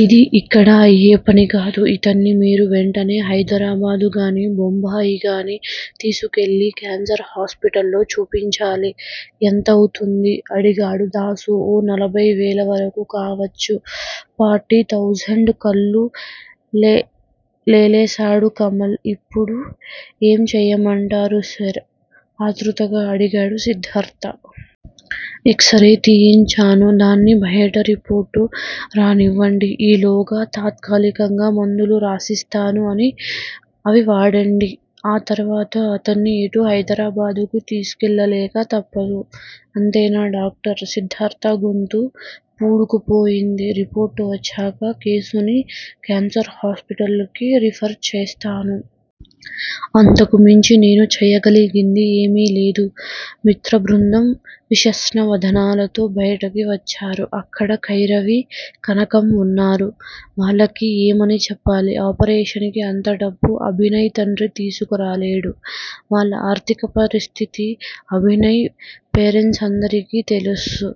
ఇది ఇక్కడ అయ్యే పని కాదు, ఇతన్ని మీరు వెంటనే హైదరాబాదుగానీ, బొంబాయిగానీ తీసుకెళ్ళి క్యాన్సర్ హాస్పిటల్లో చూపించాలి. ఎంతవుతుంది? అడిగాడు దాసు ఓ నలభై వేల వరకూ కావచ్చు! Party thousand! కళ్ళు తేలేశాడు కమల్. ఇప్పుడేం చేయమంటారు సార్? ఆతృతగా అడిగాడు సిద్ధార్థ. X ray తీయించాను. దాన్ని బయట రిపోర్టునీ రానివ్వండి. ఈలోగా తాత్కాలికంగా మందులు రాసిస్తాను. అని వాడండి. ఆ తర్వాత అతన్ని ఎటూ హైదరాబాదుకు తీసుకెళ్ళక తప్పదు. అంతేనా డాక్టర్? సిద్ధార్థ గొంతు పూడుకుపోయింది. రిపోర్టు వచ్చాక, కేసుని క్యాన్సర్ హాస్పిటల్ కి రిఫర్ చేస్తాను. అంతకుమించి నేను చేయగలిగింది ఏమీలేదు. మిత్రబృందం విషణ్ణ వదనాలతో బయటకి వచ్చారు. అక్కడ కైరవి, కనకం వున్నారు. వాళ్ళకి ఏమని చెప్పాలి. ఆపరేషన్ కి అంతడబ్బు అభినయ్ తండ్రి తీసుకురాలేడు. వాళ్ళ ఆర్థిక పరిస్థితి అభినయ్ ఫ్రెండ్సందరికీ తెలుసు.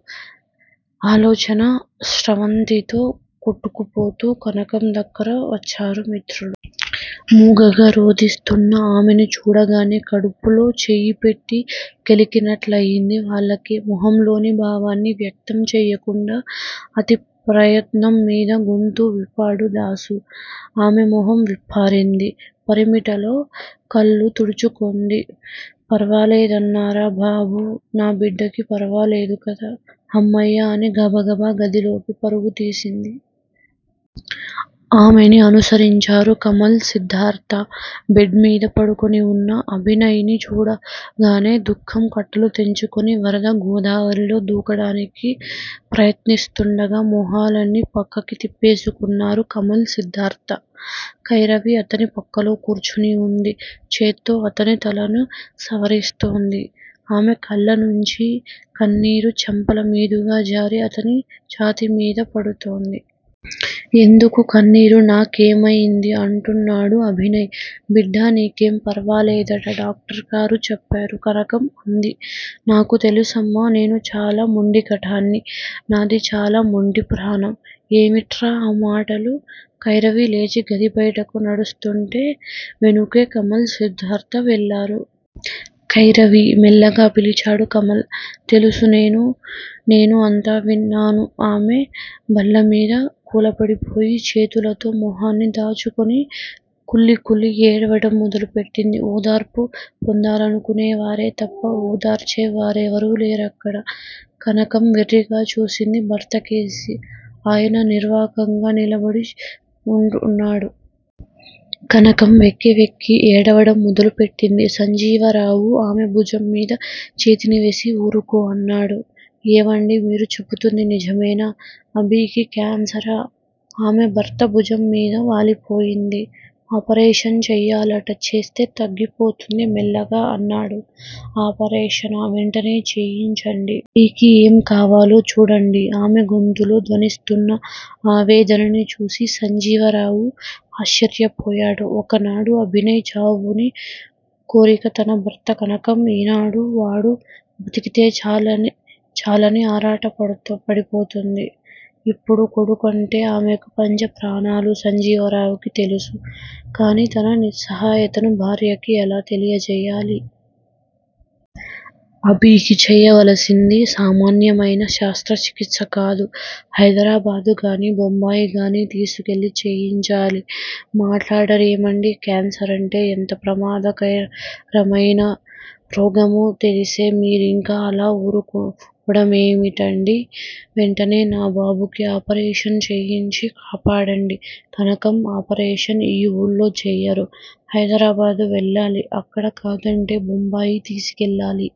ఆలోచనా స్రవంతిలో కొట్టుకుపోతూ కనకం దగ్గరగా వచ్చారు మిత్రులు. మూగగా రోధిస్తున్న ఆమెని చూడగానే కడుపులో చెయ్యి పెట్టి కెలికినట్టయ్యింది వాళ్ళకి. మొహంలోని భావాన్ని వ్యక్తం చేయకుండా అతి ప్రయత్నం మీద గొంతు విప్పాడు దాసు. ఆమె మొహం విప్పారింది. పమిటతో కళ్ళు తుడుచుకొంది. పర్వాలేదన్నారా బాబూ? నా బిడ్డకి పర్వాలేదు కదా? హమ్మయ్య అని గబగబా గదిలోకి పరుగుదీసింది. ఆమెని అనుసరించారు కమల్, సిద్ధార్థ. బెడ్ మీద పడుకొని వున్న అభినయ్ ని చూడగానే దుఃఖం కట్టలు తెంచుకొని వరద గోదావరిలో దూకడానికి ప్రయత్నిస్తుండగా మొహాలని పక్కకి తిప్పేసుకొన్నారు కమల్, సిద్ధార్థ. కైరవి అతని పక్కలో కూర్చుని వుంది. చేత్తో అతని తలని సవరదీస్తోంది. ఆమె కళ్ళనించి కన్నీరు చెంపల మీదుగా జారి అతని ఛాతీ మీద పడుతోంది. ఎందుకు కన్నీరు! నా కేమయిందని? అంటున్నాడు అభినయ్. బిడ్డా! నీకేం పర్వాలేదట డాక్టరుగారు చెప్పారు కనకం అంది. నాకు తెలుసమ్మా! నేను చాలా మొండిఘటాన్ని. నాది చాలా మొండి ప్రాణం. ఏమిట్రా ఆ మాటలు? కైరవి లేచి గది బయటకి నడుస్తుంటే వెనుకే కమల్, సిద్ధార్థ వెళ్ళారు. కైరవి! మెల్లగా పిలిచాడు కమల్. తెలుసు నేను నేను అంతా విన్నాను ఆమె బల్లమీద కూలబడిపోయి చేతులతో మొహాన్ని దాచుకొని కుళ్ళి కుళ్ళి ఏడవడం మొదలు పెట్టింది. ఓదార్పు పొందాలనుకొనే వారే తప్ప ఓదార్చేవారెవరూ లేరక్కడ. కనకం వెర్రిగా చూసింది భర్తకేసి. ఆయన నిర్వికారంగా నిలబడి వున్నాడు. కనకం వెక్కి వెక్కి ఏడవడం మొదలు పెట్టింది. సంజీవరావు ఆమె భుజం మీద చేతిని వేసి ఊరుకో! అన్నాడు. ఏమండీ! మీరు చెబుతోంది నిజమేనా? అభికి క్యాన్సరా! ఆమె భర్త భుజం మీద వాలిపోయింది. ఆపరేషన్ చెయ్యాలట. చేస్తే తగ్గిపోతుంది మెల్లగా అన్నాడు. ఆపరేషనా? వెంటనే చేయించండి. అభికి ఏం కావాలో చూడండి. ఆమె గొంతులో ధ్వనిస్తోన్న ఆవేదనని చూసి సంజీవరావు ఆశ్చర్యపోయాడు. ఒకనాడు అభినయ్ చావుని కోరిక తన భార్య కనకం ఈనాడు వాడు బతికితే చాలని ఆరాట పడిపోతోంది. ఇప్పుడు కొడుకంటే ఆమెకి పంచప్రాణాలని సంజీవరావుకి తెలుసు. కానీ తన నిస్సహాయతని భార్యకి ఎలా తెలియజేయాలి? అభీకి చేయవలసింది సామాన్యమైన శస్త్రచికిత్సకాదు హైదరాబాదుగానీ, బొంబాయిగానీ తీసుకెళ్ళి చేయించాలి. మాట్లాడరేమండీ! క్యాన్సరంటే ఎంత ప్రమాదకరమైన రోగమో తెలిసే మీరింకా అలా ఊరుకొంటారేమిటండీ? వెంటనే నా బాబుకి ఆపరేషన్ చేయించి కాపాడండి. కనకం ఆపరేషన్ ఈఊళ్ళో చేయరు. హైదరాబాదు వెళ్ళాలి. అక్కడ కాదంటే బొంబాయి తీసుకెళ్ళాలి.